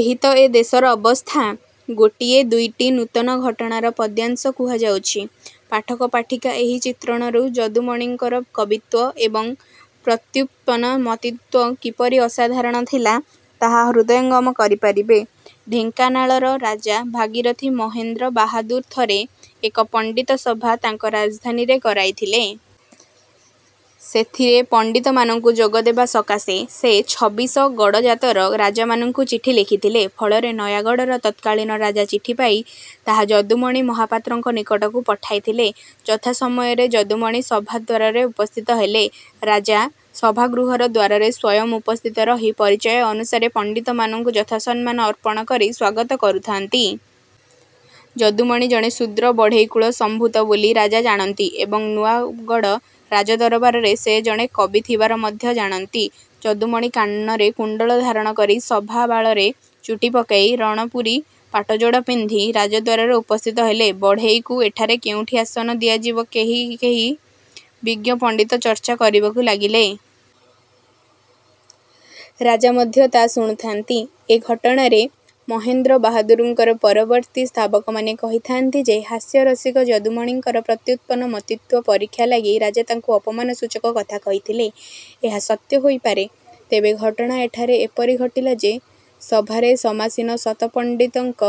ଏହିତ ଏ ଦେଶର ଅବସ୍ଥା! ଗୋଟିଏ ଦୁଇଟି ନୂତନ ଘଟଣାର ପଦ୍ୟାଂଶ କୁହାଯାଉଛି। ପାଠକ ପାଠିକା ଏହି ଚିତ୍ରଣରୁ ଯଦୁମଣିଙ୍କର କବିତ୍ୱ ଏବଂ ପ୍ରତ୍ୟୁତ୍ପନ୍ନମତିତ୍ୱ କିପରି ଅସାଧାରଣ ଥିଲା, ତାହା ହୃଦୟଙ୍ଗମ କରିପାରିବେ। ଢ଼େଙ୍କାନାଳର ରାଜା ଭାଗୀରଧି ମହେନ୍ଦ୍ର ବାହାଦୁର ଥରେ ଏକ ପଣ୍ଡିତ ସଭା ତାଙ୍କ ରାଜଧାନୀରେ କରାଇଥିଲେ। ସେଥିରେ ପଣ୍ଡିତମାନଙ୍କୁ ଯୋଗ ଦେବା ସକାଶେ ସେ ଛବିଶ ଗଡ଼ଜାତର ରାଜାମାନଙ୍କୁ ଚିଠି ଲେଖିଥିଲେ। ଫଳରେ ନୟାଗଡ଼ର ତତ୍କାଳୀନ ରାଜା ଚିଠିପାଇ ତାହା ଯଦୁମଣି ମହାପାତ୍ରଙ୍କ ନିକଟକୁ ପଠାଇଥିଲେ। ଯଥାସମୟରେ ଯଦୁମଣି ସଭାଦ୍ୱାରରେ ଉପସ୍ଥିତ ହେଲେ। ରାଜା ସଭାଗୃହର ଦ୍ୱାରରେ ସ୍ୱୟଂ ଉପସ୍ଥିତ ରହି ପରିଚୟ ଅନୁସାରେ ପଣ୍ଡିତମାନଙ୍କୁ ଯଥା ସମ୍ମାନ ଅର୍ପଣ କରି ସ୍ୱାଗତ କରୁଥାନ୍ତି। ଯଦୁମଣି ଜଣେ ଶୂଦ୍ର ବଢ଼େଇକୁଳ ସମ୍ଭୂତ ବୋଲି ରାଜା ଜାଣନ୍ତି ଏବଂ ନୂଆଗଡ଼ ରାଜଦରବାରରେ ସେ ଜଣେ କବି ଥିବାର ମଧ୍ୟ ଜାଣନ୍ତି। ଯଦୁମଣି କାନରେ କୁଣ୍ଡଳ ଧାରଣ କରି, ସଭା ବାଳରେ ଚୁଟି ପକେଇ, ରଣପୁରୀ ପାଟଯୋଡ଼ ପିନ୍ଧି ରାଜଦ୍ୱାରରେ ଉପସ୍ଥିତ ହେଲେ। ବଢ଼େଇକୁ ଏଠାରେ କେଉଁଠି ଆସନ ଦିଆଯିବ କେହି କେହି ବିଜ୍ଞ ପଣ୍ଡିତ ଚର୍ଚ୍ଚା କରିବାକୁ ଲାଗିଲେ। ରାଜା ମଧ୍ୟ ତା ଶୁଣୁଥାନ୍ତି। ଏ ଘଟଣାରେ ମହେନ୍ଦ୍ର ବାହାଦୁରଙ୍କର ପରବର୍ତ୍ତୀ ସ୍ତାବକମାନେ କହିଥାନ୍ତି ଯେ ହାସ୍ୟରସିକ ଯଦୁମଣିଙ୍କର ପ୍ରତ୍ୟୁତ୍ପନ୍ନମତିତ୍ୱ ପରୀକ୍ଷା ଲାଗି ରାଜା ତାଙ୍କୁ ଅପମାନ ସୂଚକ କଥା କହିଥିଲେ। ଏହା ସତ୍ୟ ହୋଇପାରେ। ତେବେ ଘଟଣା ଏଠାରେ ଏପରି ଘଟିଲା ଯେ ସଭାରେ ସମାସୀନ ଶତ ପଣ୍ଡିତଙ୍କ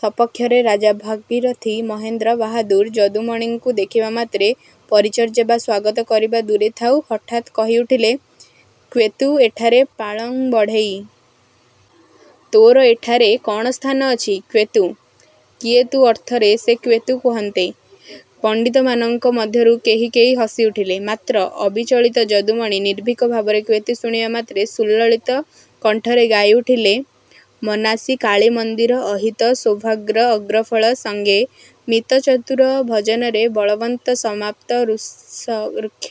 ସପକ୍ଷରେ ରାଜା ଭଗୀରଥି ମହେନ୍ଦ୍ର ବାହାଦୁର ଯଦୁମଣିଙ୍କୁ ଦେଖିବା ମାତ୍ରେ ପରିଚର୍ଯ୍ୟା ବା ସ୍ୱାଗତ କରିବା ଦୂରେ ଥାଉ ହଠାତ୍ କହି ଉଠିଲେ- କ୍ୟେତୁ ଏଠାରେ ପାଂଳ ବଢ଼େଇ? ତୋର ଏଠାରେ କ'ଣ ସ୍ଥାନ ଅଛି। କ୍ୟେତୁ? କିଏ ତୁ ଅର୍ଥରେ ସେ କ୍ୟେତୁ କହନ୍ତେ, ପଣ୍ଡିତମାନଙ୍କ ମଧ୍ୟରୁ କେହି କେହି ହସି ଉଠିଲେ-। ମାତ୍ର ଅବିଚଳିତ ଯଦୁମଣି ନିର୍ଭୀକ ଭାବରେ 'କ୍ୟେତୁ' ଶୁଣିବା ମାତ୍ରେ ସୁଲଳିତ କଣ୍ଠରେ ଗାଇ ଉଠିଲେ- ମନାସି କାଳୀ ମନ୍ଦିର ଅହିତ ଶୋଭାଗ୍ର ଅଗ୍ରଫଳ ସଙ୍ଗେ ମିତ ଚତୁର ଭଜନରେ ବଳବନ୍ତ ସମାପ୍ତ ଋକ୍ଷ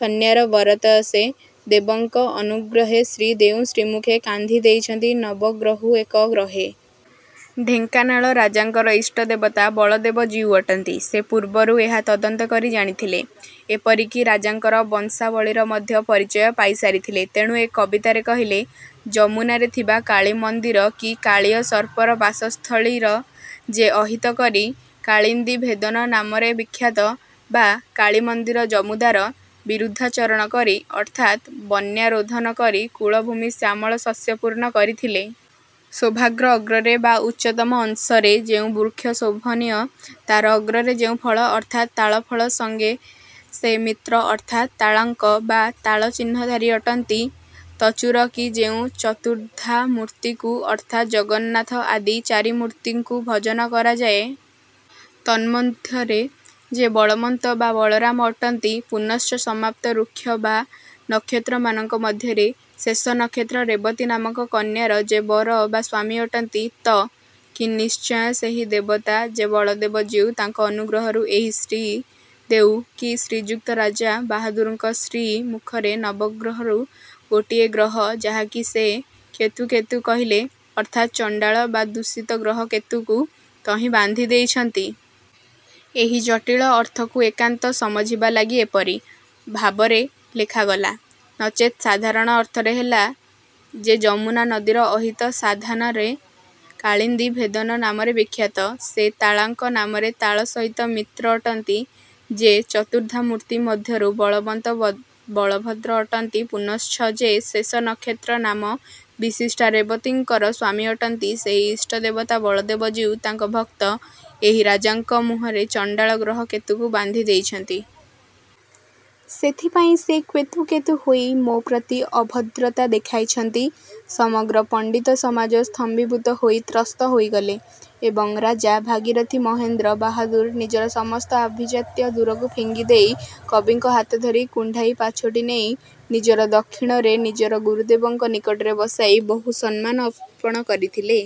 କନ୍ୟାର ବରତ ସେ ଦେବଙ୍କ ଅନୁଗ୍ରହେ ଶ୍ରୀ ଦେଉ ଶ୍ରୀମୁଖେ କାନ୍ଧି ଦେଇଛନ୍ତି ନବଗ୍ରହୁ ଏକ ଗ୍ରହେ। ଢେଙ୍କାନାଳ ରାଜାଙ୍କର ଇଷ୍ଟଦେବତା ବଳଦେବ ଜୀଉ ଅଟନ୍ତି। ସେ ପୂର୍ବରୁ ଏହା ତଦନ୍ତ କରି ଜାଣିଥିଲେ। ଏପରି କି ରାଜାଙ୍କର ବଂଶାବଳୀର ମଧ୍ୟ ପରିଚୟ ପାଇ ସାରିଥିଲେ। ତେଣୁ ଏ କବିତାରେ କହିଲେ- ଯମୁନାରେ ଥିବା କାଳୀ ମନ୍ଦିର କି କାଳୀୟ ସର୍ପର ବାସସ୍ଥଳୀର ଯେ ଅହିତ କରି କାଳିନ୍ଦି ଭେଦନ ନାମରେ ବିଖ୍ୟାତ, ବା କାଳୀ ମନ୍ଦିର ଯମୁଦାର ବିରୁଦ୍ଧାଚରଣ କରି ଅର୍ଥାତ୍ ବନ୍ୟାରୋଧନ କରି କୂଳଭୂମି ଶ୍ୟାମଳ ଶସ୍ୟପୂର୍ଣ୍ଣ କରିଥିଲେ। ଶୋଭାଗ୍ର ଅଗ୍ରରେ ବା ଉଚ୍ଚତମ ଅଂଶରେ ଯେଉଁ ବୃକ୍ଷ ଶୋଭନୀୟ ତାର ଅଗ୍ରରେ ଯେଉଁ ଫଳ ଅର୍ଥାତ୍ ତାଳଫଳ ସଙ୍ଗେ ସେ ମିତ୍ର ଅର୍ଥାତ୍ ''ତାଳାଙ୍କ" ବା ତାଳ ଚିହ୍ନଧାରୀ ଅଟନ୍ତି। ତଚୁର କି ଯେଉଁ ଚତୁର୍ଦ୍ଧାମୂର୍ତ୍ତିକୁ ଅର୍ଥାତ୍ ଜଗନ୍ନାଥ ଆଦି ଚାରିମୂର୍ତ୍ତିଙ୍କୁ ଭଜନ କରାଯାଏ, ତନ୍ମମଧ୍ୟରେ ଯେ ବଳବନ୍ତ ବା ବଳରାମ ଅଟନ୍ତି ପୁନଶ୍ଚ ସମାପ୍ତ ଋକ୍ଷ ବା ନକ୍ଷତ୍ରମାନଙ୍କ ମଧ୍ୟରେ ଶେଷ ନକ୍ଷତ୍ର ରେବତୀ ନାମକ କନ୍ୟାର ଯେ ବର ବା ସ୍ୱାମୀ ଅଟନ୍ତି 'ତ' କି ନିଶ୍ଚୟ ସେହି ଦେବତା ଯେ ବଳଦେବ ଜୀଉ ତାଙ୍କ ଅନୁଗ୍ରହରୁ ଏହି ଶ୍ରୀ ଦେଉ କି ଶ୍ରୀଯୁକ୍ତ ରାଜା ବାହାଦୁରଙ୍କ ଶ୍ରୀ ମୁଖରେ ନବଗ୍ରହରୁ ଗୋଟିଏ ଗ୍ରହ ଯାହାକି ସେ ''କ୍ୟେତୁ କ୍ୟେତୁ" କହିଲେ ଅର୍ଥାତ ଚଣ୍ଡାଳ ବା ଦୂଷିତ ଗ୍ରହ କେତୁକୁ ତହିଁ ବାନ୍ଧି ଦେଇଛନ୍ତି। ଏହି ଜଟୀଳ ଅର୍ଥକୁ ଏକାନ୍ତ ସମଝିବା ଲାଗି ଏପରି। ଭାବରେ ଲେଖାଗଲା। ନଚେତ୍ ସାଧାରଣ ଅର୍ଥରେ ହେଲା- ଯେ ଯମୁନା ନଦୀର ଅହିତ ସାଧାନରେ କାଳୀନ୍ଦି−ଭେଦନ ନାମରେ ବିଖ୍ୟାତ, ଯେ ତାଳାଙ୍କ ନାମରେ ତାଳ ସହିତ ମିତ୍ର ଅଟନ୍ତି, ଯେ ଚତୁର୍ଦ୍ଧାମୂର୍ତ୍ତି ମଧ୍ୟରୁ ବଳବନ୍ତ ବଳଭଦ୍ର ଅଟନ୍ତି ପୁନଶ୍ଚ ଯେ ଶେଷ ନକ୍ଷତ୍ର ନାମ ବିଶିଷ୍ଟା ରେବତୀଙ୍କର ସ୍ୱାମୀ ଅଟନ୍ତି, ସେଇ ଇଷ୍ଟଦେବତା ବଳଦେବ ଜୀଉ ତାଙ୍କ ଭକ୍ତ ଏହି ରାଜାଙ୍କ ମୁହଁରେ ଚଣ୍ଡାଳ ଗ୍ରହ କେତୁକୁ ବାନ୍ଧି ଦେଇଛନ୍ତି। ସେଥିପାଇଁ ସେ କ୍ୟେତୁ କ୍ୟେତୁ ହୋଇ ମୋ ପ୍ରତି ଅଭଦ୍ରତା ଦେଖାଇଛନ୍ତି। ସମଗ୍ର ପଣ୍ଡିତ ସମାଜ ସ୍ତମ୍ଭୀଭୂତ ହୋଇ ତ୍ରସ୍ତ ହୋଇଗଲେ ଏବଂ ରାଜା ଭାଗୀରଥି ମହେନ୍ଦ୍ର ବାହାଦୁର ନିଜର ସମସ୍ତ ଅଭିଜାତ୍ୟ ଦୂରକୁ ଫିଙ୍ଗିଦେଇ କବିଙ୍କ ହାତଧରି କୁଣ୍ଢାଇ ପାଛୋଟି ନେଇ ନିଜର ଦକ୍ଷିଣରେ ନିଜର ଗୁରୁଦେବଙ୍କ ନିକଟରେ ବସାଇ ବହୁ ସମ୍ମାନ ଅର୍ପଣ କରିଥିଲେ।